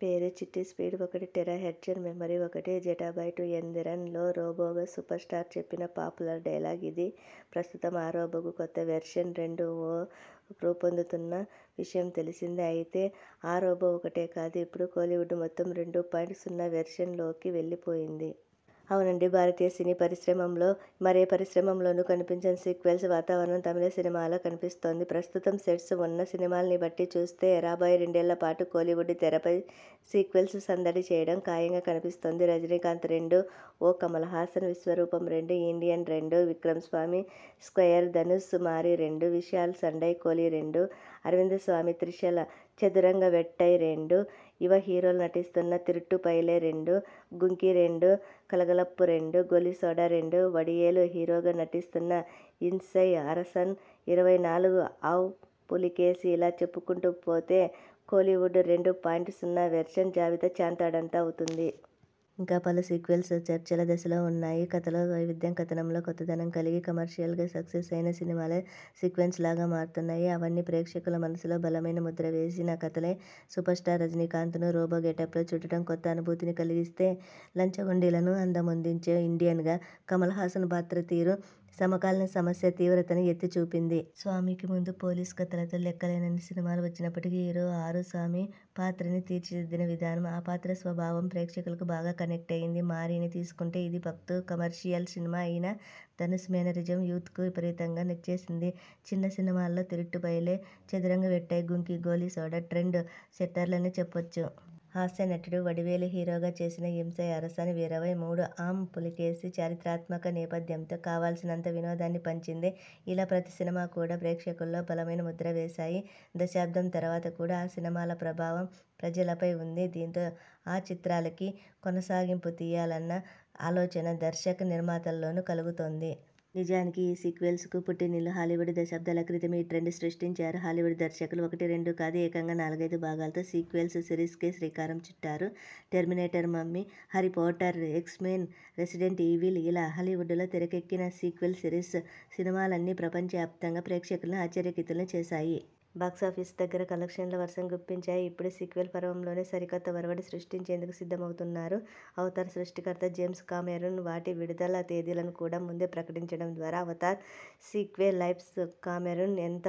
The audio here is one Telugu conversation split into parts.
పేరు చిట్టి స్పీడ్ ఒకటి టెరాహెర్ట్జ్, మెమరీ ఒకటి జెటాబైట్'యందిరన్'లో రోబోగా సూపర్స్టార్ చెప్పిన పాపులర్ డైలాగు ఇది. ప్రస్తుతం ఆ రోబోకు కొత్త వెర్షన్ 'రెండు.ఓ' రూపొందుతోన్న విషయం తెలిసిందే. అయితే ఆ రోబో ఒక్కటే కాదు, ఇప్పుడు కోలీవుడ్ మొత్తం రెండు పాయింట్ సున్నా వెర్షన్లోకి వెళ్లిపోయింది. అవునండి, భారతీయ సినీ పరిశ్రమలో మరే పరిశ్రమలోనూ కనిపించని సీక్వెల్స్ వాతావరణం తమిళ సినిమాలో కనిపిస్తోంది. ప్రస్తుతం సెట్స్ ఉన్న సినిమాల్ని బట్టి చూస్తే రాబోయే రెండేళ్లపాటు కోలీవుడ్ తెరపై సీక్వెల్స్ సందడి చేయడం ఖాయంగా కనిపిస్తోంది. రజనీకాంత్ 'రెండు.ఓ', కమల్హాసన్ 'విశ్వరూపం-రెండు', 'ఇండియన్-రెండు', విక్రమ్ 'సామి స్క్వేయర్', ధనుష్ 'మారిరెండు' విశాల్ 'సండైకోళిరెండు', అరవింద్స్వామి త్రిషల 'చదురంగవేట్టైరెండు', యువ హీరోలు నటిస్తున్న 'తిరుట్టుపయలేరెండు', 'గుంకీరెండు', 'కలగలప్పురెండు', 'గోలీసోడారెండు', వడివేలు హీరోగా నటిస్తున్న 'ఇంసై అరసన్ ఇరవై నాలుగు ఆమ్ పులికేశి'ఇలా చెప్పుకుంటూ పోతే కోలీవుడ్ రెండు పాయింట్ సున్నా వెర్షన్ జాబితా చాంతాడంతవుతుంది. ఇంకా పలు సీక్వెల్స్ చర్చల దశలో ఉన్నాయి. కథలో వైవిధ్యం, కథనంలో కొత్త దనం కలిగి కమర్షియల్గా సక్సెస్ అయిన సినిమాలే సీక్వెల్స్గా మారుతున్నాయి. అవన్నీ ప్రేక్షకుల మనసులో బలమైన ముద్ర వేసిన కథలే. సూపర్స్టార్ రజనీకాంత్ను రోబో గెటప్లో చూడడం కొత్త అనుభూతిని కలిగించిస్తే, లంచగొండిలను అందమొందించే 'ఇండియన్'గా కమల్హాసన్ పాత్ర తీరు సమకాలీన సమస్య తీవ్రతను ఎత్తి చూపింది. 'సామి'కి ముందు పోలీసు కథలతో లెక్కలేనన్ని సినిమాలు వచ్చినప్పటికీ, హీరో ఆరుస్వామి పాత్రని తీర్చిదిద్దిన విధానం, ఆ పాత్ర స్వభావం ప్రేక్షకులకు బాగా కనెక్ట్ అయ్యింది. 'మారి'ని తీసుకుంటేఇది ఫక్తు కమర్షియల్ సినిమా అయినా, ధనుష్ మేనరిజం యూత్కు విపరీతంగా నచ్చేసింది. చిన్న సినిమాల్లో 'తిరుట్టుపయలే', 'చదురంగవేట్టై', 'గుంకీ', 'గోలీసోడా' ట్రెండ్ సెట్టర్లనే చెప్పొచ్చు. హాస్యనటుడు వడివేలు హీరోగా చేసిన 'ఇంసై అరసన్ ఇరవై మూడుఆమ్ పులికేశి' చారిత్రాత్మక నేపథ్యంతో కావాల్సినంత వినోదాన్ని పంచిది. ఇలా ప్రతి సినిమా కూడా ప్రేక్షకుల్లో బలమైన ముద్ర వేశాయి. దశాబ్దం తరువాత కూడా ఆ సినిమాల ప్రభావం ప్రజలపై ఉంది. దీంతో ఆ చిత్రాలకి కొనసాగింపు తీయాలన్న ఆలోచన దర్శక, నిర్మాతల్లోను కలుగుతోంది. నిజానికి ఈ సీక్వెల్స్కు పుట్టిల్లు హాలీవుడ్. దశాబ్దాల క్రితమే ఈ ట్రెండ్ని సృష్టించారు హాలీవుడ్ దర్శకులు. ఒకటి, రెండు కాదుఏకంగా నాలుగైదు భాగాలతో సీక్వెల్స్ సిరీస్కే శ్రీకారం చుట్టారు. 'Terminator', 'Mummy', 'Harry Potter', 'X Men', 'Resident ఈవిల్'ఇలా హాలీవుడ్లో తెరకెక్కిన సీక్వెల్ సిరీస్ సినిమాలన్నీ ప్రపంచవ్యాప్తంగా ప్రేక్షకుల్ని ఆశ్చర్యకితుల్ని చేశాయి. బాక్సాఫీస్ దగ్గర కలెక్షన్ల వర్షం గుప్పించాయి. ఇప్పుడు సీక్వెల్ పర్వంలోనే సరికొత్త ఒరవడి సృష్టించేందుకు సిద్ధమవుతున్నారు 'అవతార్' సృష్టికర్త జేమ్స్ కామెరూన్. వాటి విడుదల తేదీలను కూడా ముందే ప్రకటించడం ద్వారా 'అవతార్' సీక్వెల్స్పై కామెరూన్ ఎంత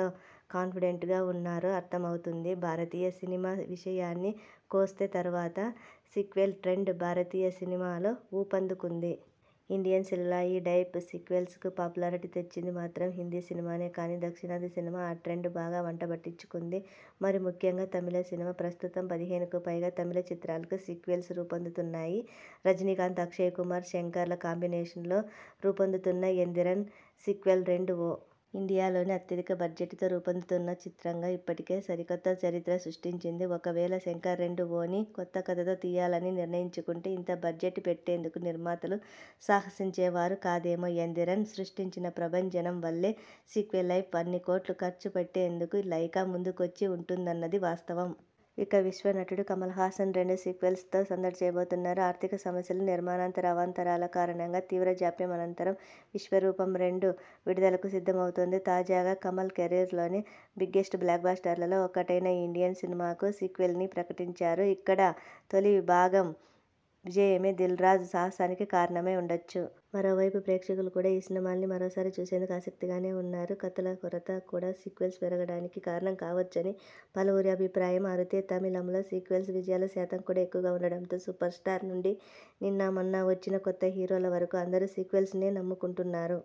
కాన్ఫిడెంట్గా ఉన్నారో అర్ధమవుతుంది. భారతీయ సినిమా విషయాని కొస్తే తరువాత సీక్వెల్ ట్రెండ్ భారతీయ సినిమాలో ఊపందుకుంది. ఇండియన్ సెల్యులాయిడ్పై సీక్వెల్స్కు పాపులారిటీ తెచ్చింది మాత్రం హిందీ సినిమానే. కానీ, దక్షిణాది సినిమా ఆ ట్రెండ్ బాగా వంటబట్టించుకుంది మరీ ముఖ్యంగా తమిళ సినిమా. ప్రస్తుతం పదిహేనుకుపైగా తమిళ చిత్రాలకి సీక్వెల్స్ రూపొందుతున్నాయి. రజనీకాంత్, అక్షయ్ కుమార్, శంకర్ల కాంబినేషన్లో రూపొందుతున్న 'యందిరన్' సీక్వెల్ 'రెండు.ఓ' ఇండియాలోనే అత్యధిక బడ్జెట్ తో రూపొందుతున్న చిత్రంగా ఇప్పటికే సరికొత్త చరిత్ర సృష్టించింది. ఒకవేళ శంకర్ 'రెండు.ఓ'ని కొత్త కథతో తీయాలని నిర్ణయించుకుంటే ఇంత బడ్జెట్ పెట్టేందుకు నిర్మాతలు సాహసించేవారు కాదేమో. 'యందిరన్' సృష్టించిన ప్రభంజనం వల్లే సీక్వెల్పై అన్ని కోట్లు ఖర్చుపెట్టేందుకు లైకా ముందుకొచ్చి ఉంటుందన్నది వాస్తవం. ఇక విశ్వనటుడు కమల్హాసన్ రెండు సీక్వెల్స్తో సందడి చేయబోతున్నారు. ఆర్ధిక సమస్యలు, నిర్మాణాంతర అవాంతరాల కారణంగా తీవ్ర జాప్యం అనంతరం 'విశ్వరూపంరెండు' విడుదలకు సిద్ధమవుతోంది. తాజాగా కమల్ కెరీర్లోనే బిగ్గెస్ట్ బ్లాక్బస్టర్లలో ఒకటైన 'ఇండియన్' సినిమాకు సీక్వెల్నీ ప్రకటించారు. ఇక్కడా తొలి భాగం విజయమే దిల్రాజు సాహసానికి కారణమై ఉండొచ్చు. మరోవైపు ప్రేక్షకులు కూడా ఈ సినిమాల్ని మరోసారి చూసేందుకు ఆసక్తిగానే ఉన్నారు. కథల కొరత కూడా సీక్వెల్స్ పెరగడానికి కారణం కావొచ్చని పలువురి అభిప్రాయం. అరుతే తమిళంలో సీక్వెల్స్ విజయాల శాతం కూడా ఎక్కువగా ఉండడంతో సూపర్స్టార్ నుండి నిన్న మొన్న వచ్చిన కొత్త హీరోల వరకు అందరూ సీక్వెల్స్నే నమ్ముకుంటున్నారు.